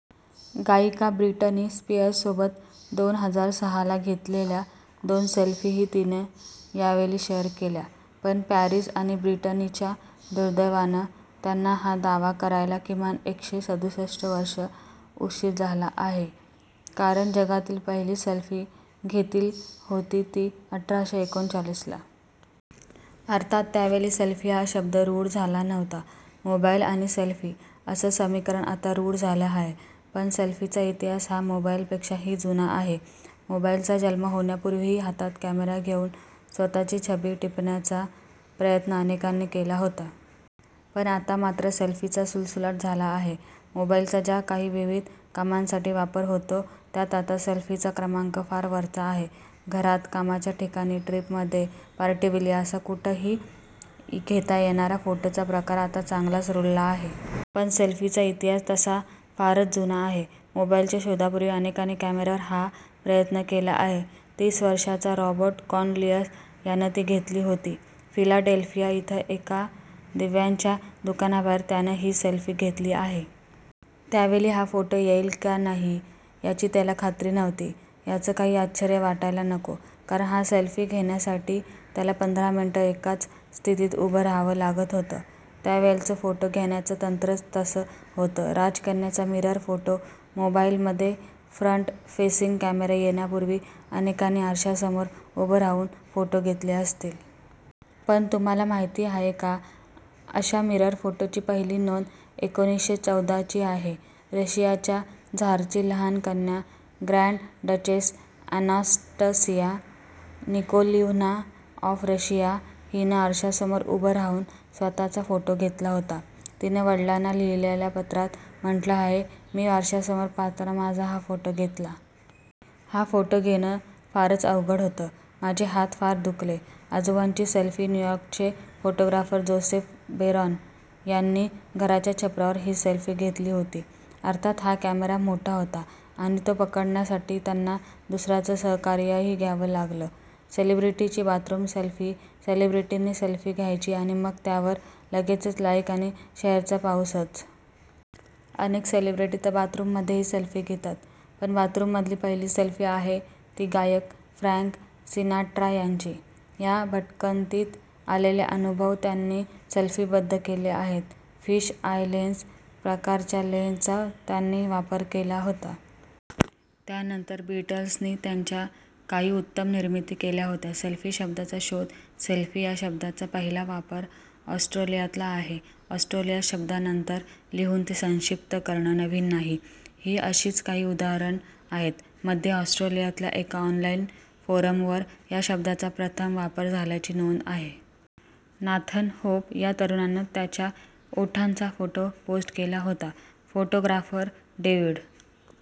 गायिका ब्रिटनी स्पीअर्ससोबत दोन हजार सहाला घेतलेल्या दोन सेल्फीही तिनं यावेळी शेअर केल्या. पण पॅरीस आणि ब्रिटनीच्या दुर्दैवानं त्यांना हा दावा करायला किमान एकशे सदुसष्ठ वर्षं उशीर झाला आहे. कारण जगातली पहिली सेल्फी घेतील होती ती अठराशे एकोणचाळीसला. अर्थात त्यावेळी सेल्फी हा शब्द रूढ झाला नव्हता. मोबाईल आणि सेल्फी असं समीकरण आता रूढ झालं आहे. पण सेल्फीचा इतिहास हा मोबाईलपेक्षा ही जुना आहे. मोबाईलचा जन्म होण्यापूर्वीही हातात कॅमेरा घेऊन स्वतःची छबी टिपण्याचा प्रयत्न अनेकांनी केला होता. पण आता मात्र सेल्फीचा सुळसुळाट झाला आहे. मोबाईलचा ज्या काही विविध कामांसाठी वापर होतो त्यात आता सेल्फीचा क्रमांक फार वरचा आहे. घरात, कामच्या ठिकाणी, ट्रिपमध्ये, पार्टीवेळी असा कुठही घेता येणारा फोटोचा प्रकार आता चांगलाच रुळला आहे. पण सेल्फीचा इतिहास तसा फारच जुना आहे. मोबाईलच्या शोधापूर्वी अनेकांनी कॅमेऱ्यावर हा प्रयत्न केला आहे. तीस वर्षांचा रॉबर्ट कॉर्नेलिअस यानं ती घेतली होती. फिलाडेल्फिया इथं एका दिव्यांच्या दुकानाबाहेर त्यानं ही सेल्फी घेतली आहे. त्यावेळी हा फोटो येईल का नाही, याची त्याला खात्री नव्हती. याच काही आश्चर्य वाटायला नको, कारण हा सेल्फी घेण्यासाठी त्याला पंधरा मिनिटं एकाच स्थितीत उभ रहावं लागलं होतं. त्यावेळच फोटो घेण्याच तंत्रच तसं होतं राजकन्येचा मिरर फोटो मोबाईलमध्ये फ्रंट फेसिंग कॅमेरा येण्यापूर्वी अनेकांनी आरशासमोर उभं राहून फोटो घेतले असतील. पण तुम्हाला माहिती आहे का अशा मिरर फोटोची पहिली नोंद एकोणीसशे चौदाची आहे. रशियाच्या झारची लहान कन्या grand duchess Anastasia Nikolaevna of Russia हिनं आरशासमोर उभं राहून स्वतःचा फोटो घेतला होता. तिनं वडिलांना लिहिलेल्या पत्रात म्हटलं आहे, मी आरशासमोर पाहताना माझा हा फोटो घेतला. हा फोटो घेणं फारच अवघड होतं. माझे हात फार दुखले. आजोबांची सेल्फी न्यूयॉर्कचे फोटोग्राफर जोसेफ बेरॉन यांनी घराच्या छपरावर ही सेल्फी घेतली होती. अर्थात हा कॅमेरा मोठा होता आणि तो पकडण्यासाठी त्यांना दुसऱ्याचं सहकार्यही घ्यावं लागलं सेलेब्रिटीची बाथरूम सेल्फी सेलेब्रिटींनी सेल्फी घ्यायची आणि मग त्यावर लगेचच लाईक आणि शेअरचा पाऊसच. अनेक सेलेब्रिटी तर बाथरूममध्येही सेल्फी घेतात. पण बाथरूममधली पहिली सेल्फी आहे ती गायक फ्रॅंक सिनाट्रा यांची. या भटकंतीत आलेले अनुभव त्यांनी सेल्फीबद्ध केले आहेत. फिश आय लेन्स प्रकारच्या लेन्सचा त्यांनी वापर केला होता. त्यानंतर बिटल्सनी त्यांच्या काही उत्तम निर्मिती केल्या होत्या सेल्फी शब्दाचा शोध सेल्फी या शब्दाचा पहिला वापर ऑस्ट्रेलियातला आहे. ऑस्ट्रेलियात शब्दानंतर लिहून ते संक्षिप्त करणं नवीन नाही. ही अशीच काही उदाहरणं आहेत. मध्ये ऑस्ट्रेलियातल्या एका ऑनलाईन फोरमवर या शब्दाचा प्रथम वापर झाल्याची नोंद आहे. नाथन होप या तरुणानं त्याच्या ओठांचा फोटो पोस्ट केला होता. Photographer David